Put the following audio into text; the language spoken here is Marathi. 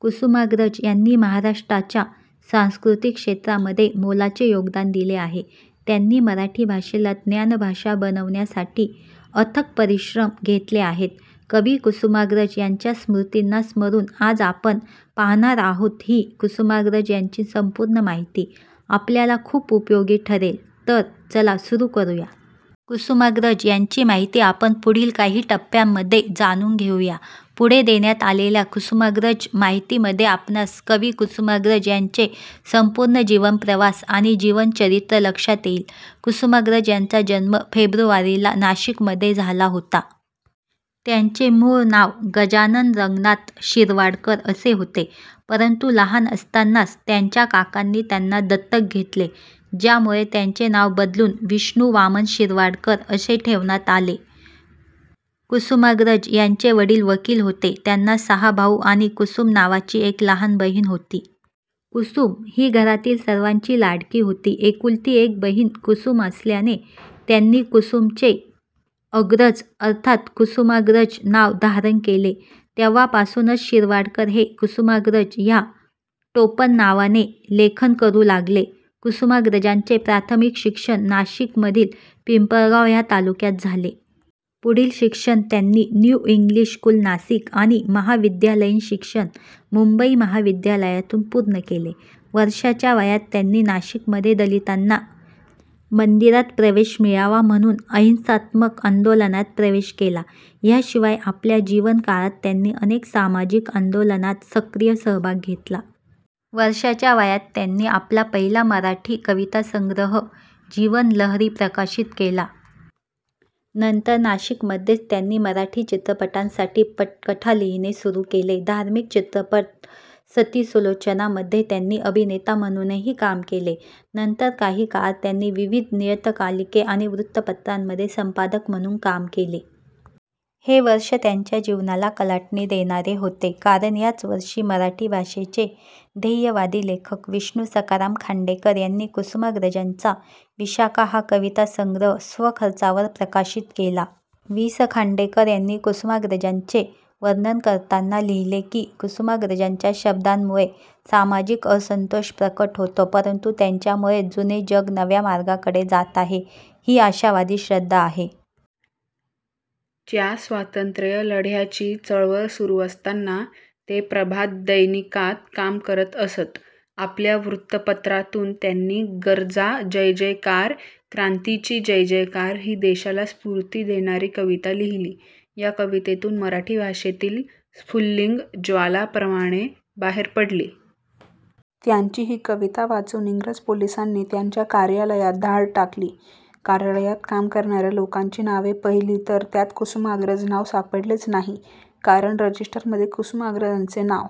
कुसुमाग्रज यांनी महाराष्ट्राच्या सांस्कृतिक क्षेत्रामध्ये मोलाचे योगदान दिले आहे. त्यांनी मराठी भाषेला ज्ञानभाषा बनवण्यासाठी अथक परिश्रम घेतले आहेत. कवी कुसुमाग्रज यांच्या स्मृतींना स्मरून आज आपण पाहणार आहोत ही कुसुमाग्रज यांची संपूर्ण माहिती आपल्याला खूप उपयोगी ठरेल तर चला सुरू करूया... कुसुमाग्रज यांची माहिती आपण पुढील काही टप्यामध्ये जाणून घेऊया. पुढे देण्यात आलेल्या कुसुमाग्रज माहिती मध्ये आपणास कवि कुसुमाग्रज यांचे संपूर्ण जीवनप्रवास आणि जीवन चरित्र लक्षात येईल. कुसुमाग्रज यांचा जन्म फेब्रुवारी ला नाशिक मध्ये झाला होता. त्यांचे मूळ नाव गजानन रंगनाथ शिरवाडकर असे होते. परंतु लहान असतांनाच त्यांच्या काकांनी त्यांना दत्तक घेतले ज्यामुळे त्यांचे नाव बदलून विष्णु वामन शिरवाडकर असे ठेवण्यात आले. कुसुमाग्रज यांचे वडील वकील होते. त्यांना सहा भाऊ आणि कुसुम नावाची एक लहान बहीण होती. कुसुम ही घरातील सर्वांची लाडकी होती. एकुलती एक बहिण कुसुम असल्याने त्यांनी कुसुम चे अग्रज अर्थात कुसुमाग्रज नाव धारण केले. तेव्हापासूनच शिरवाडकर हे कुसुमाग्रज या टोपणनावाने लेखन करू लागले. कुसुमाग्रजांचे प्राथमिक शिक्षण नाशिक मधील पिंपळगाव या तालुक्यात झाले. पुढील शिक्षण त्यांनी न्यू इंग्लिश स्कूल नाशिक आणि महाविद्यालयीन शिक्षण मुंबई महाविद्यालयातून पूर्ण केले. वर्षाच्या वयात त्यांनी नाशिकमध्ये दलितांना मंदिरात प्रवेश मिळावा म्हणून अहिंसात्मक आंदोलनात प्रवेश केला. या शिवाय आपल्या जीवन काळात त्यांनी अनेक सामाजिक आंदोलनात सक्रिय सहभाग घेतला. वर्षाच्या वयात त्यांनी आपला पहिला मराठी कवितासंग्रह 'जीवनलहरी' प्रकाशित केला. नंतर नाशिक मध्येच त्यांनी मराठी चित्रपटांसाठी पटकथा लिहिणे सुरू केले. धार्मिक चित्रपट सती सुलोचना मध्ये त्यांनी अभिनेता म्हणूनही काम केले. नंतर काही काळ त्यांनी विविध नियतकालिके आणि वृत्तपत्रांमध्ये संपादक म्हणून काम केले. हे वर्ष त्यांच्या जीवनाला कलाटणी देणारे होते. कारण याच वर्षी मराठी भाषेचे ध्येयवादी लेखक विष्णू सखाराम खांडेकर यांनी कुसुमाग्रजांचा 'विशाखा' हा कविता संग्रह स्वखर्चावर प्रकाशित केला. वि. स. खांडेकर यांनी कुसुमाग्रजांचे वर्णन करताना लिहिले की, "कुसुमाग्रजांच्या शब्दांमुळे सामाजिक असंतोष प्रकट होतो, परंतु त्यांच्यामुळेच जुने जग नव्या मार्गाकडे जात आहे ही आशावादी श्रद्धा आहे". च्या स्वातंत्र्य लढ्याची चळवळ सुरू असताना ते प्रभात दैनिकात काम करत असत. आपल्या वृत्तपत्रातून त्यांनी 'गर्जा जयजयकार क्रांतीचा जयजयकार.. ' ही देशाला स्फूर्ती देणारी कविता लिहिली. या कवितेतून मराठी भाषेतील स्फुल्लिंग ज्वाला प्रमाणे बाहेर पडले. त्यांची ही कविता वाचून इंग्रज पोलिसांनी त्यांच्या कार्यालयात धाड टाकली. कार्यालयात काम करणाऱ्या लोकांची नावे पहिली तर त्यात कुसुमाग्रज नाव सापडलेच नाही. कारण रजिस्टर मध्ये कुसुमाग्रजांचे नाव